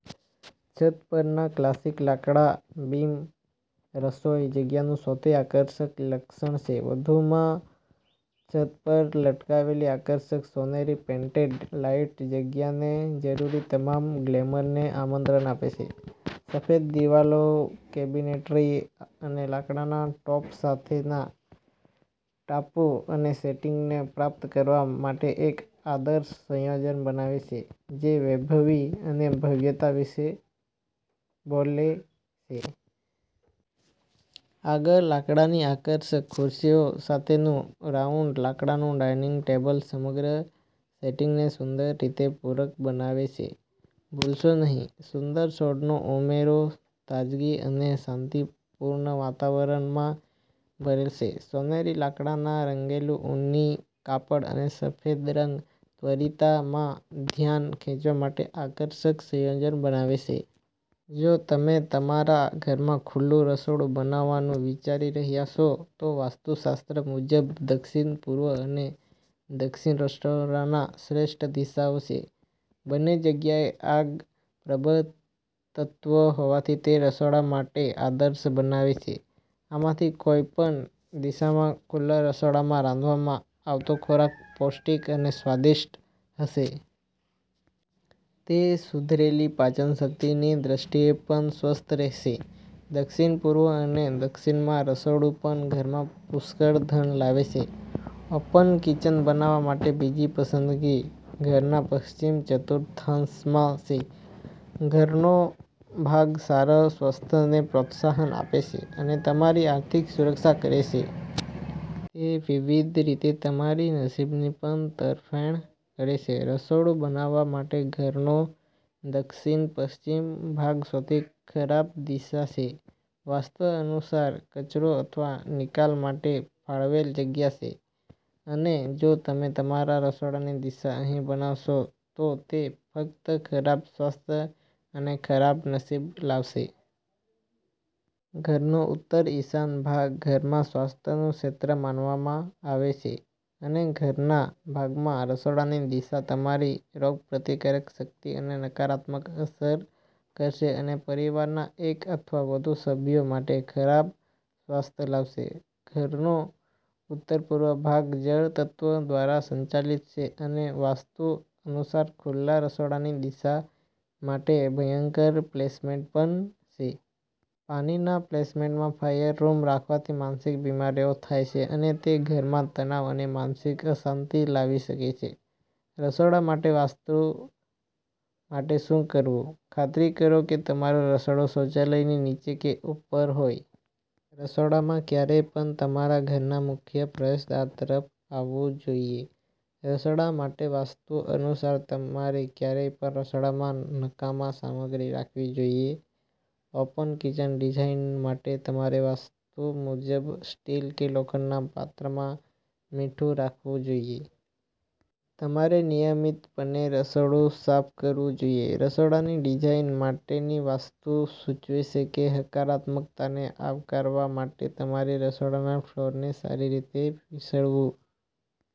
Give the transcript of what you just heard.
છત પરના ક્લાસિક લાકડાના બીમ રસોઈ જગ્યાનું સૌથી આકર્ષક લક્ષણ છે. વધુમાં, છત પર લટકાવેલી આકર્ષક સોનેરી પેન્ડન્ટ લાઇટ જગ્યાને જરૂરી તમામ ગ્લેમરને આમંત્રણ આપે છે. સફેદ દિવાલો, કેબિનેટરી અને લાકડાના ટોપ સાથેના ટાપુ એક સેટિંગને પ્રાપ્ત કરવા માટે એક આદર્શ સંયોજન બનાવે છે જે વૈભવી અને ભવ્યતા વિશે બોલે છે. આગળ, લાકડાની આકર્ષક ખુરશીઓ સાથેનું રાઉન્ડ લાકડાનું ડાઇનિંગ ટેબલ સમગ્ર સેટિંગને સુંદર રીતે પૂરક બનાવે છે. ભૂલશો નહીં, સુંદર છોડનો ઉમેરો તાજગી અને શાંતિપૂર્ણ વાતાવરણમાં ભરે છે. સોનેરી, લાકડાના રંગેલું ઊની કાપડ અને સફેદ રંગ ત્વરિતમાં ધ્યાન ખેંચવા માટે આકર્ષક સંયોજન બનાવે છે. જો તમે તમારા ઘરમાં ખુલ્લું રસોડું બનાવવાનું વિચારી રહ્યા છો, તો વાસ્તુશાસ્ત્ર મુજબ, દક્ષિણ-પૂર્વ અને દક્ષિણ રસોડાના શ્રેષ્ઠ દિશાઓ છે. બંને જગ્યાએ આગ પ્રબળ તત્વ હોવાથી તે રસોડા માટે આદર્શ બનાવે છે. આમાંથી કોઈપણ દિશામાં ખુલ્લા રસોડામાં રાંધવામાં આવતો ખોરાક પૌષ્ટિક અને સ્વાદિષ્ટ હશે. તે સુધરેલી પાચનશક્તિની દ્રષ્ટિએ પણ સ્વસ્થ રહેશે. દક્ષિણ-પૂર્વ અને દક્ષિણમાં રસોડું પણ ઘરમાં પુષ્કળ ધન લાવે છે. ઓપન કિચન બનાવવા માટે બીજી પસંદગી ઘરના પશ્ચિમ ચતુર્થાંશમાં છે. ઘરનો ભાગ સારા સ્વાસ્થ્યને પ્રોત્સાહન આપે છે અને તમારી આર્થિક સુરક્ષા કરે છે. તે વિવિધ રીતે તમારા નસીબની પણ તરફેણ કરે છે. રસોડું બનાવવા માટે ઘરનો દક્ષિણ-પશ્ચિમ ભાગ સૌથી ખરાબ દિશા છે. વાસ્તુ અનુસાર કચરો અથવા નિકાલ માટે ફાળવેલ જગ્યા છે, અને જો તમે તમારા રસોડાની દિશા અહીં બાંધશો, તો તે ફક્ત ખરાબ સ્વાસ્થ્ય અને ખરાબ નસીબ લાવશે. ઘરનો ઉત્તર-ઈશાન ભાગ ઘરમાં સ્વાસ્થ્યનું ક્ષેત્ર માનવામાં આવે છે અને ઘરના ભાગમાં રસોડાની દિશા તમારી રોગપ્રતિકારક શક્તિ પર નકારાત્મક અસર કરશે અને પરિવારના એક અથવા વધુ સભ્યો માટે ખરાબ સ્વાસ્થ્ય લાવશે. ઘરનો ઉત્તરપૂર્વ ભાગ જળ તત્વ દ્વારા સંચાલિત છે અને વાસ્તુ અનુસાર ખુલ્લા રસોડાની દિશા માટે ભયંકર પ્લેસમેન્ટ પણ છે. પાણીના પ્લેસમેન્ટમાં ફાયર રૂમ રાખવાથી માનસિક બિમારીઓ થાય છે અને તે ઘરમાં તણાવ અને માનસિક અશાંતિ લાવી શકે છે. રસોડા માટે વાસ્તુ માટે શું કરવું? ખાતરી કરો કે તમારું રસોડું શૌચાલયની નીચે કે ઉપર હોય. રસોડામાં ક્યારેય પણ તમારા ઘરના મુખ્ય પ્રવેશદ્વાર તરફ આવવું જોઈએ. રસોડા માટે વાસ્તુ અનુસાર તમારે ક્યારેય પણ રસોડામાં નકામા સામગ્રી રાખવી જોઈએ. ઓપન કિચન ડિઝાઇન માટે તમારે વાસ્તુ મુજબ સ્ટીલ કે લોખંડના પાત્રમાં મીઠું રાખવું જોઈએ. તમારે નિયમિતપણે રસોડું સાફ કરવું જોઈએ. રસોડાની ડિઝાઈન માટેની વાસ્તુ સૂચવે છે કે હકારાત્મકતાને આવકારવા માટે તમારે રસોડાના ફ્લોરને સારી રીતે વીંછળવું.